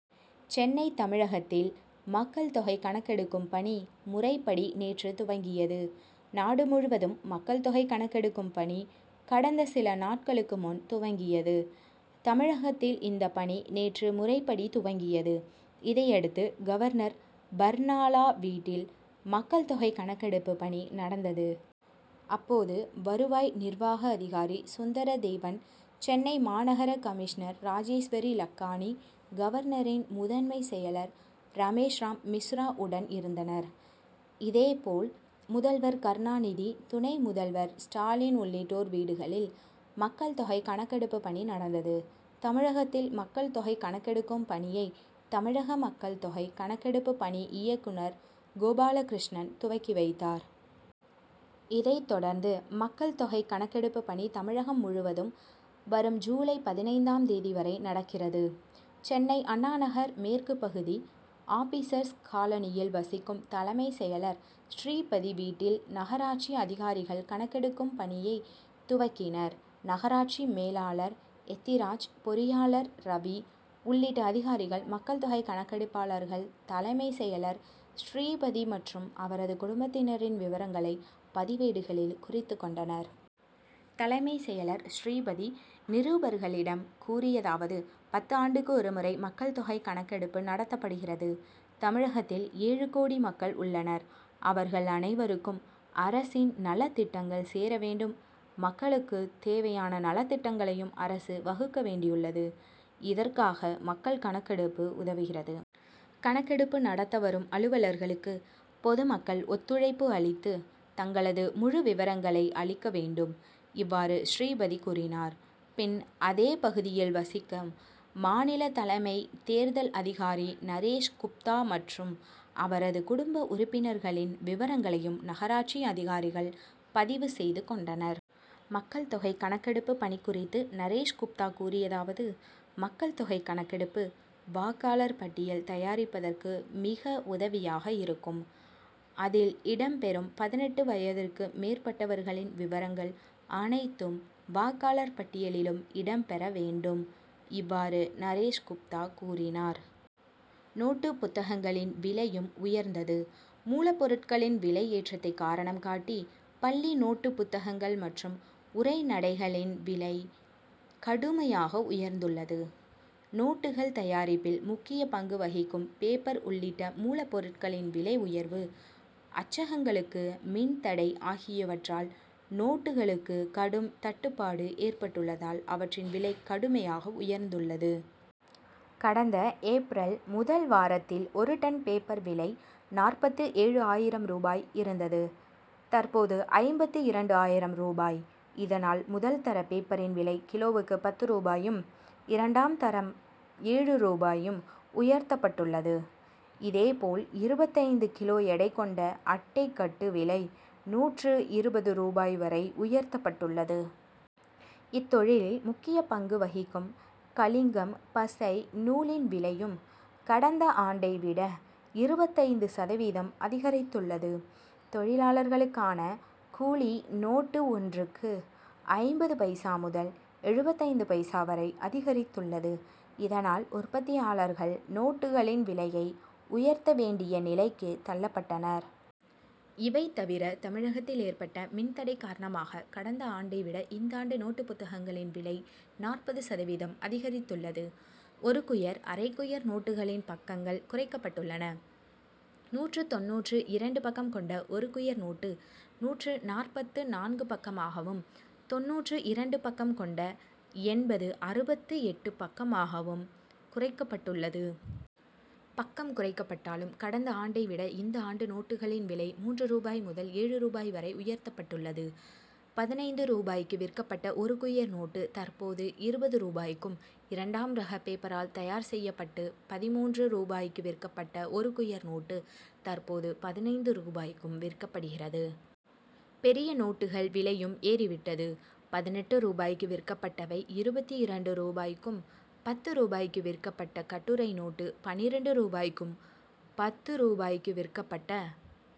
சென்னை தமிழகத்தில் மக்கள் தொகை கணக்கெடுக்கும் பணி, முறைப்படி நேற்று துவங்கியது. நாடு முழுவதும் மக்கள் தொகை கணக்கெடுக்கும் பணி கடந்த சில நாட்களுக்கு முன் துவங்கியது. தமிழகத்தில் இந்த பணி நேற்று முறைப்படி துவங்கியது. இதையடுத்து, கவர்னர் பர்னாலா வீட்டில் மக்கள் தொகை கணக்கெடுப்பு பணி நடந்தது. அப்போது வருவாய் நிர்வாக அதிகாரி சுந்தரதேவன், சென்னை மாநகர கமிஷனர் ராஜேஷ் லக்கானி, கவர்னரின் முதன்மைச் செயலர் ரமேஷ்ராம் மிஸ்ரா உடன் இருந்தனர். இதே போல் முதல்வர் கருணாநிதி, துணை முதல்வர் ஸ்டாலின் உள்ளிட்டோர் வீடுகளில் மக்கள் தொகை கணக்கெடுப்பு பணி நடந்தது. தமிழகத்தில் மக்கள் தொகை கணக்கெடுக்கும் பணியை, தமிழக மக்கள் தொகை கணக்கெடுப்பு பணி இயக்குனர் கோபாலகிருஷ்ணன் துவக்கி வைத்தார். இதைத் தொடர்ந்து மக்கள் தொகை கணக்கெடுப்பு பணி தமிழகம் முழுவதும் வரும் ஜூலை பதினைந்தாம் தேதி வரை நடக்கிறது. சென்னை அண்ணாநகர் மேற்கு பகுதி, ஆபீசர்ஸ் காலனியில் வசிக்கும் தலைமைச் செயலர் ஸ்ரீபதி வீட்டில் நகராட்சி அதிகாரிகள் கணக்கெடுக்கும் பணியை துவக்கினர். நகராட்சி மேலாளர் எத்திராஜ், பொறியாளர் ரவி உள்ளிட்ட அதிகாரிகள், மக்கள் தொகை கணக்கெடுப்பாளர்கள் தலைமைச் செயலர் ஸ்ரீபதி மற்றும் அவரது குடும்பத்தினரின் விவரங்களை, பதிவேடுகளில் குறித்துக் கொண்டனர். தலைமைச் செயலர் ஸ்ரீபதி, நிருபர்களிடம் கூறியதாவது: பத்து ஆண்டுக்கு ஒருமுறை மக்கள் தொகை கணக்கீடு நடத்தப்படுகிறது. தமிழகத்தில் ஏழு கோடி மக்கள் உள்ளனர். அவர்கள் அனைவருக்கும் அரசின் நலத்திட்டங்கள் சேர வேண்டும். மக்களுக்குத் தேவையான நலத்திட்டங்களையும் அரசு வகுக்க வேண்டியுள்ளது. இதற்காக, மக்கள் கணக்கெடுப்பு உதவுகிறது. கணக்கெடுப்பு நடத்த வரும் அலுவலர்களுக்கு பொதுமக்கள் ஒத்துழைப்பு அளித்து, தங்களது முழு விவரங்களை அளிக்க வேண்டும். இவ்வாறு ஸ்ரீபதி கூறினார். பின், அதே பகுதியில் வசிக்கும் மாநில தலைமைத் தேர்தல் அதிகாரி நரேஷ் குப்தா மற்றும் அவரது குடும்ப உறுப்பினர்களின் விவரங்களையும் நகராட்சி அதிகாரிகள் பதிவு செய்து கொண்டனர். மக்கள் தொகை கணக்கெடுப்பு பணி குறித்து நரேஷ் குப்தா கூறியதாவது: மக்கள் தொகை கணக்கெடுப்பு, வாக்காளர் பட்டியல் தயாரிப்பதற்கு மிக உதவியாக இருக்கும். அதில் இடம் பெறும் பதினெட்டு வயதிற்கு மேற்பட்டவர்களின் விவரங்கள் அனைத்தும், வாக்காளர் பட்டியலிலும் இடம் பெற வேண்டும். இவ்வாறு நரேஷ் குப்தா கூறினார். நோட்டுப் புத்தகங்களின் விலையும் உயர்ந்தது மூலப் பொருட்களின் விலை ஏற்றத்தை காரணம் காட்டி, பள்ளி நோட்டுப் புத்தகங்கள் மற்றும் உரைநடைகளின் விலை, கடுமையாக உயர்ந்துள்ளது. நோட்டுகள் தயாரிப்பில் முக்கிய பங்கு வகிக்கும் பேப்பர் உள்ளிட்ட மூலப் பொருட்களின் விலை உயர்வு, அச்சகங்களுக்கு மின் தடை ஆகியவற்றால், நோட்டுகளுக்கு கடும் தட்டுப்பாடு ஏற்பட்டுள்ளதால், அவற்றின் விலை கடுமையாக உயர்ந்துள்ளது. கடந்த ஏப்ரல் முதல் வாரத்தில், ஒரு டன் பேப்பர் விலை நாற்பத்து ஏழு ஆயிரம் ரூபாய் இருந்தது; தற்போது ஐம்பத்து இரண்டு ஆயிரம் ரூபாய். இதனால், முதல் தர பேப்பரின் விலை, கிலோவுக்கு பத்து ரூபாயும், இரண்டாம் தரம் ஏழு ரூபாயும் உயர்த்தப்பட்டுள்ளது. இதே போல், இருபத்தைந்து கிலோ எடை கொண்ட அட்டை கட்டு விலை, நூற்று இருபது ரூபாய் வரை உயர்த்தப்பட்டுள்ளது. இத்தொழிலில் முக்கிய பங்கு வகிக்கும் கலிங்கம், பசை, நூலின் விலையும், கடந்த ஆண்டை விட, இருபத்தைந்து சதவீதம் அதிகரித்துள்ளது. தொழிலாளர்களுக்கான, கூலி நோட்டு ஒன்றுக்கு ஐம்பது பைசா முதல் எழுபத்தைந்து பைசா வரை அதிகரித்துள்ளது. இதனால், உற்பத்தியாளர்கள், நோட்டுகளின் விலையை உயர்த்த வேண்டிய நிலைக்கு தள்ளப்பட்டனர். இவை தவிர, தமிழகத்தில் ஏற்பட்ட மின் தடை காரணமாக, கடந்த ஆண்டை விட இந்தாண்டு நோட்டுப் புத்தகங்களின் விலை, நாற்பது சதவீதம் அதிகரித்துள்ளது. ஒரு குயர், அரை குயர் நோட்டுகளின் பக்கங்கள் குறைக்கப்பட்டுள்ளன. நூற்று தொண்ணூற்று இரண்டு பக்கம் கொண்ட ஒரு குயர் நோட்டு, நூற்று நாற்பத்து நான்கு பக்கமாகவும், தொண்ணூற்று இரண்டு பக்கம் கொண்ட என்பது, அறுபத்து எட்டு பக்கமாகவும் குறைக்கப்பட்டுள்ளது. பக்கம் குறைக்கப்பட்டாலும், கடந்த ஆண்டை விட இந்த ஆண்டு நோட்டுகளின் விலை, மூன்று ரூபாய் முதல் ஏழு ரூபாய் வரை உயர்த்தப்பட்டுள்ளது. பதினைந்து ரூபாய்க்கு விற்கப்பட்ட ஒரு குயர் நோட்டு, தற்போது இருபது ரூபாய்க்கும், இரண்டாம் ரக பேப்பரால் தயார் செய்யப்பட்டு, பதின்மூன்று ரூபாய்க்கு விற்கப்பட்ட ஒரு குயர் நோட்டு, தற்போது பதினைந்து ரூபாய்க்கும் விற்கப்படுகிறது. பெரிய நோட்டுகள் விலையும் ஏறி விட்டது. பதினெட்டு ரூபாய்க்கு விற்கப்பட்டவை, இருபத்திரண்டு ரூபாய்க்கும், பத்து ரூபாய்க்கு விற்கப்பட்ட கட்டுரை நோட்டு, பன்னிரண்டு ரூபாய்க்கும், பத்து ரூபாய்க்கு விற்கப்பட்ட